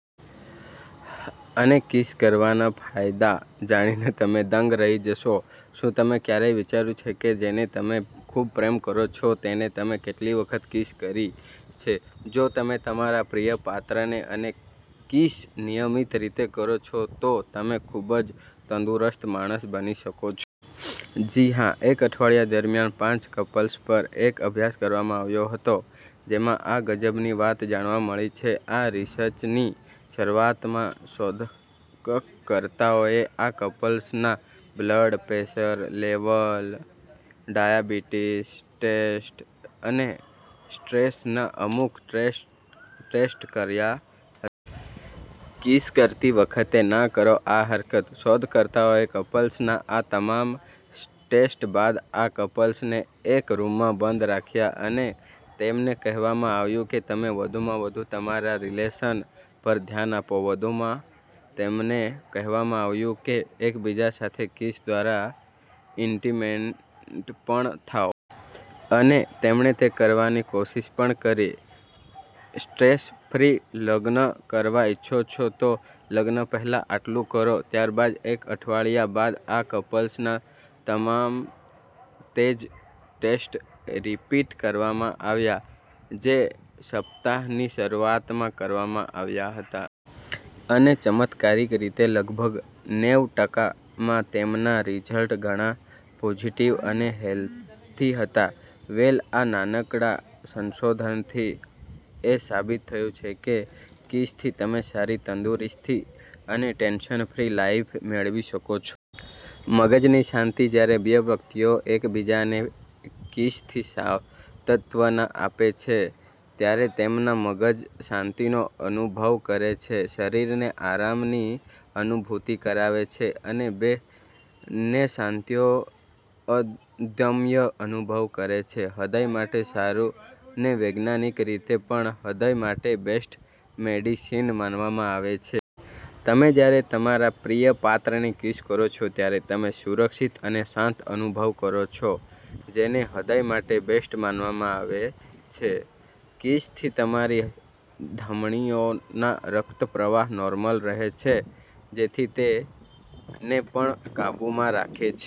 અને કિસ કરવાના આવા ફાયદા જાણીને તમે દંગ રહી જશો. શું તમે ક્યારેય વિચાર્યુ છેકે જેને તમે ખુબ પ્રેમ કરો છો તેને તમે કેટલી વખત કિસ કરી છે? જો તમે તમારા પ્રિય પાત્રને અને કિસ નિયમીત રીતે કરો છો, તો તમે ખુબ જ તંદુરસ્ત માણસ બની શકો છો. જી હા, એક અઠવાડિયા દરમ્યાન પાંચ કપલ્સ પર એક અભ્યાસ કરવામાં આવ્યો હતો જેમા આ ગજબની વાત જાણવા મળી છે. આ રીસર્ચની શરૂઆતમાં શોધકર્તાઓએ આ કપલ્સના blood pressure level, diabetic test, અને સ્ટ્રેસના અમુક ટેસ્ટ કર્યા હતા. કિસ કરતી વખતે ના કરો આ હરકત શોધકર્તાઓએ કપલ્સના આ તમામ ટેસ્ટ બાદ આ કપલ્સને એક રૂમમાં બંધ રાખ્યા અને તેમને કહેવામાં આવ્યુ કે તમે વધુમાં વધુ તમારા રીલેશન પર ધ્યાન આપો વધુમાં તેમને કહેવામાં આવ્યુ કે એકબીજા સાથે કિસ દ્વારા ઇન્ટીમેટપણ થાવ. અને તેમણે તે કરવાની કોશિષ પણ કરી. સ્ટ્રેસ ફ્રી લગ્ન કરવા ઇચ્છો છો? તો લગ્ન પહેલા આટલું કરો .ત્યારબાદ એક અઠવાડિયા બાદ આ કપલ્સના તમામ તેજ ટેસ્ટ રીપીટ કરવામાં આવ્યા જે સપ્તાહની શરૂઆતમાં કરવામાં આવ્યા હતા. અને ચમત્કારિક રીતે લગભગ નેવ ટકા માં તેમના રીઝલ્ટ્સ ઘણાં પોઝીટીવ અને હેલ્થી હતા. વેલ આ નાનકડા સંશોધનથી એ સાબિત થયુ છે કે કિસ થી તમેં સારી તંદુરસ્તી અને ટેન્શન ફ્રી લાઇફ મેળવી શકો છો. મગજની શાંતિ જ્યારે બે વ્યક્તિઓ એકબીજાને કિસથી સાંત્વના આપે છે, ત્યારે તેમના મગજ શાંતિનો અનુભવ કરે છે. શરીરને આરામની અનુભૂતિ કરાવે છે, અને તે બંને શાંતિનો અદમ્ય અનુભવ કરે છે. હ્રદય માટે સારૂં ને વૈજ્ઞાનિક રીતે પણ હ્રદય માટે બેસ્ટ મેડિસીન માનવામાં આવે છે. જ્યારે તમે તમારા પ્રિય પાત્રને કિસ કરો છો, ત્યારે તમે સુરક્ષિત અને શાંત અનુભવ કરો છો. જેને હ્રદય માટે બેસ્ટ માનવામાં આવે છે. કિસ થી તમારી ધમનીઓમાં રક્તપ્રવાહ નોર્મલ રહે છે, જેથી તે ને પણ કાબુમાં રાખે છે.